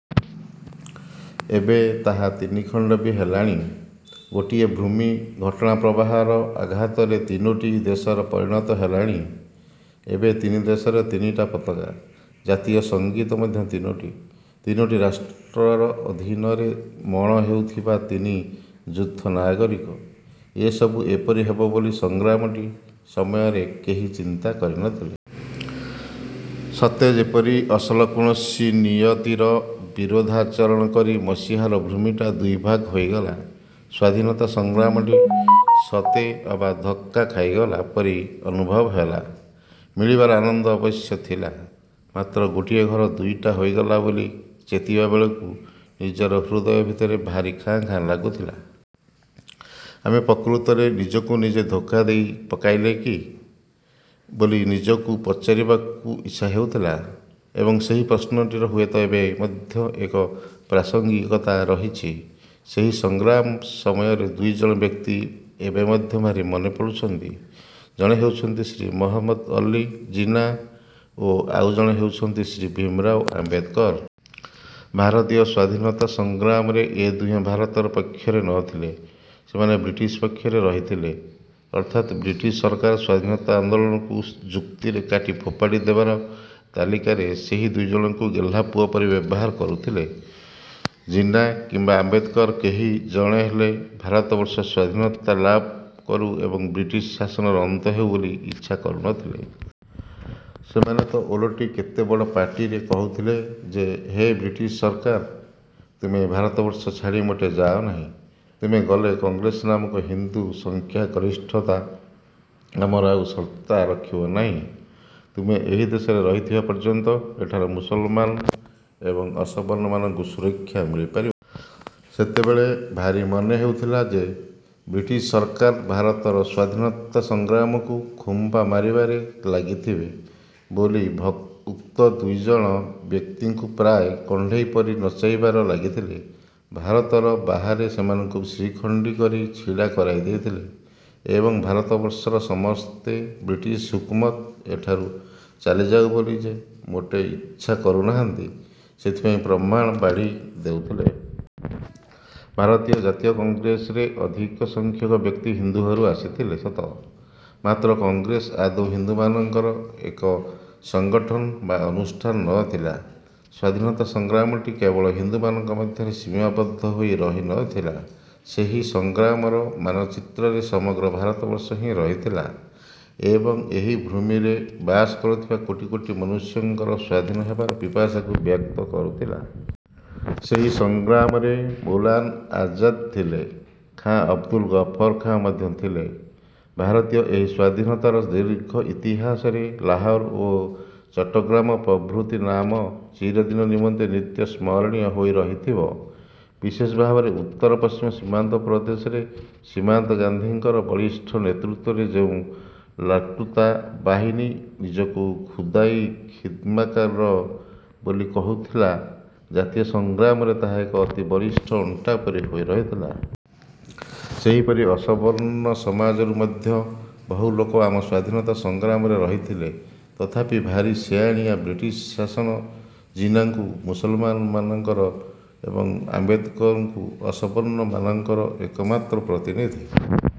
ଏବେ ତାହା ତିନିଖଣ୍ଡ ବି ହେଲାଣି। ଗୋଟିଏ ଭୂମି ଘଟଣାପ୍ରବାହର ଆଘାତରେ ତିନୋଟି ଦେଶରେ ପରିଣତ ହେଲାଣି। ଏବେ ତିନି ଦେଶରେ ତିନିଟା ପତାକା, ଜାତୀୟ ସଂଗୀତ ମଧ୍ୟ ତିନୋଟି। ତିନୋଟି ରାଷ୍ଟ୍ରର ଅଧିନରେ ମଣ ହେଉଥିବା ତିନି ଯୂଥ ନାଗରିକ। ଏସବୁ ଏପରି ହେବ ବୋଲି ସଂଗ୍ରାମଟି ସମୟରେ କେହି ଚିନ୍ତା କରିନଥିଲେ। ସତେଯେପରି ଅସଲ କୌଣସି ନିୟତିର ବିରୋଧାଚରଣ କରି ମସିହାର ଭୂମିଟା ଦୁଇଭାଗ ହୋଇଗଲା। ସ୍ୱାଧୀନତା ସଂଗ୍ରାମଟି ସତେ ଅବା ଧକ୍କା ଖାଇଗଲା ପରି ଅନୁଭବ ହେଲା, ମିଳିବାର ଆନନ୍ଦ ଅବଶ୍ୟ ଥିଲା। ମାତ୍ର ଗୋଟିଏ ଘର ଦୁଇଟା ହୋଇଗଲା ବୋଲି ଚେତିବା ବେଳକୁ ନିଜର ହୃଦୟ ଭିତରେ ଭାରି ଖାଁ ଖାଁ ଲାଗୁଥିଲା। ଆମେ ପ୍ରକୃତରେ ନିଜକୁ ନିଜେ ଧୋକା ଦେଇ ପକାଇଲେ କି? ବୋଲି ନିଜକୁ ପଚାରିବାକୁ ଇଚ୍ଛା ହେଉଥିଲା। ଏବଂ ସେହି ପ୍ରଶ୍ନଟିର ହୁଏତ ଏବେ ମଧ୍ୟ ଏକ ପ୍ରାସଙ୍ଗିକତା ରହିଛି। ସେହି ସଂଗ୍ରାମ ସମୟର ଦୁଇଜଣ ବ୍ୟକ୍ତି ଏବେ ମଧ୍ୟ ଭାରି ମନେ ପଡୁଛନ୍ତି। ଜଣେ ହେଉଛନ୍ତି ଶ୍ରୀ ମହମ୍ମଦ ଅଲ୍ଲୀ ଜିନ୍ନା ଓ ଆଉ ଜଣେ ହେଉଛନ୍ତି ଶ୍ରୀ ଭୀମରାଓ ଆମ୍ବେଦକର। ଭାରତୀୟ ସ୍ଵାଧୀନତା ସଂଗ୍ରାମରେ ଏ ଦୁହେଁ ଭାରତ ପକ୍ଷରେ ନଥିଲେ, ସେମାନେ ବ୍ରିଟିଶ ପକ୍ଷରେ ରହିଥିଲେ। ଅର୍ଥାତ୍ ବ୍ରିଟିଶ୍ ସରକାର ସ୍ୱାଧୀନତା ଆନ୍ଦୋଳନକୁ ଯୁକ୍ତିରେ କାଟି ଫୋପାଡ଼ି ଦେବାର ତାଲିକାରେ ସେହି ଦୁଇଜଣଙ୍କୁ ଗେହ୍ଲାପୁଅ ପରି ବ୍ୟବହାର କରୁଥିଲେ। ଜିନ୍ନା କିମ୍ବା ଆମ୍ବେଦକର କେହି ଜଣେ ହେଲେ ଭାରତବର୍ଷ ସ୍ଵାଧୀନତା ଲାଭ କରୁ ଏବଂ ବ୍ରିଟିଶ ଶାସନର ଅନ୍ତ ହେଉ ବୋଲି ଇଚ୍ଛା କରୁନଥିଲେ। ସେମାନେ ତ ଓଲଟି କେଡ଼େ ବଡ଼ ପାଟିରେ କହୁଥିଲେ ଯେ ହେ ବ୍ରିଟିଶ ସରକାର, ତୁମେ ଭାରତବର୍ଷ ଛାଡ଼ି ମୋଟେ ଯାଅନାହିଁ। ତୁମେ ଗଲେ କଂଗ୍ରେସ ନାମକ ହିନ୍ଦୁ ସଂଖ୍ୟାଗରିଷ୍ଠତା ଆମର ଆଉ ସତ୍ତା ରଖିବ ନାହିଁ। ତୁମେ ଏହି ଦେଶରେ ରହିଥିବା ପର୍ଯ୍ୟନ୍ତ ଏଠାରେ ମୁସଲମାନ ଏବଂ ଅସବର୍ଣ୍ଣ ମାନଙ୍କୁ ସୁରକ୍ଷା ମିଳିପାରିବ। ସେତେବେଳେ ଭାରି ମନେ ହେଉଥିଲା ଯେ, ବ୍ରିଟିଶ ସରକାର ଭାରତର ସ୍ୱାଧୀନତା ସଂଗ୍ରାମକୁ ଖୁମ୍ପା ମାରିବାରେ ଲାଗିଥିବେ ବୋଲି ଭ ଉକ୍ତ ଦୁଇଜଣ ବ୍ୟକ୍ତିଙ୍କୁ ପ୍ରାୟ କଣ୍ଢେଇପରି ନଚାଇବାରେ ଲାଗିଥିଲେ। ଭାରତର ବାହାରେ ସେମାନଙ୍କୁ ଶିଖଣ୍ଡୀ କରି ଛିଡ଼ା କରାଇ ଦେଇଥିଲେ ଏବଂ ଭାରତବର୍ଷର ସମସ୍ତେ ବ୍ରିଟିଶ ହୁକୁମତ ଏଠାରୁ ଚାଲିଯାଉ ବୋଲି ଯେ ମୋଟେ ଇଚ୍ଛା କରୁନାହାନ୍ତି, ସେଥିପାଇଁ ପ୍ରମାଣ ବାଢ଼ି ଦେଉଥଲେ। ଭାରତୀୟ ଜାତୀୟ କଂଗ୍ରେସରେ ଅଧିକ ସଂଖ୍ୟକ ବ୍ୟକ୍ତି ହିନ୍ଦୁ ଘରୁ ଆସିଥିଲେ ସତ, ମାତ୍ର କଂଗ୍ରେସ ଆଦୌ ହିନ୍ଦୁମାନଙ୍କର ଏକ ସଂଗଠନ ବା ଅନୁଷ୍ଠାନ ନଥିଲା। ସ୍ଵାଧୀନତା ସଂଗ୍ରାମଟି କେବଳ ହିନ୍ଦୁମାନଙ୍କ ମଧ୍ୟରେ ସୀମାବଦ୍ଧ ହୋଇ ରହିନଥିଲା ସେହି ସଂଗ୍ରାମର ମାନଚିତ୍ରରେ ସମଗ୍ର ଭାରତବର୍ଷ ହିଁ ରହିଥିଲା ଏବଂ ଏହି ଭୂମିରେ ବାସ କରୁଥିବା କୋଟି କୋଟି ମନୁଷ୍ୟଙ୍କର ସ୍ୱାଧୀନ ହେବାର ପିପାସାକୁ ବ୍ୟକ୍ତ କରୁଥିଲା। ସେହି ସଂଗ୍ରାମରେ ମୌଲାନା ଆଜାଦ୍ ଥିଲେ, ଖାଁ ଅବଦୁଲ ଗଫର ଖାଁ ମଧ୍ୟ ଥିଲେ। ଭାରତୀୟ ଏହି ସ୍ୱାଧୀନତାର ଦୀର୍ଘ ଇତିହାସରେ ଲାହୋର ଓ ଚଟ୍ଟଗ୍ରାମ ପ୍ରଭୃତି ନାମ ଚିରଦିନ ନିମନ୍ତେ ନିତ୍ୟ ସ୍ମରଣୀୟ ହୋଇ ରହିଥିବ। ବିଶେଷ ଭାବରେ ଉତ୍ତର ପଶ୍ଚିମ ସୀମାନ୍ତ ପ୍ରଦେଶରେ ସୀମାନ୍ତ ଗାନ୍ଧୀଙ୍କର ବଳିଷ୍ଠ ନେତୃତ୍ୱରେ ଯେଉଁ ଲାଲ୍କୁର୍ତ୍ତା ବାହିନୀ ନିଜକୁ ଖୁଦାଇ ଖିଦମ୍ଗାର ବୋଲି କହୁଥିଲା, ଜାତୀୟ ସଂଗ୍ରାମରେ ତାହା ଏକ ଅତି ବଳିଷ୍ଠ ଅଣ୍ଟା ପରି ହୋଇ ରହିଥିଲା। ସେହିପରି ଅସବର୍ଣ୍ଣ ସମାଜରୁ ମଧ୍ୟ ବହୁ ଲୋକ ଆମ ସ୍ୱାଧୀନତା ସଂଗ୍ରାମରେ ରହିଥିଲେ ତଥାପି ଭାରି ସିଆଣିଆ ବ୍ରିଟିଶ୍ ଶାସନ ଜିନ୍ନାଙ୍କୁ ମୁସଲମାନ ମାନଙ୍କର ଏବଂ ଆମ୍ବେଦକରଙ୍କୁ ଅସବର୍ଷ ମାନଙ୍କର ଏକମାତ୍ର ପ୍ରତିନିଧି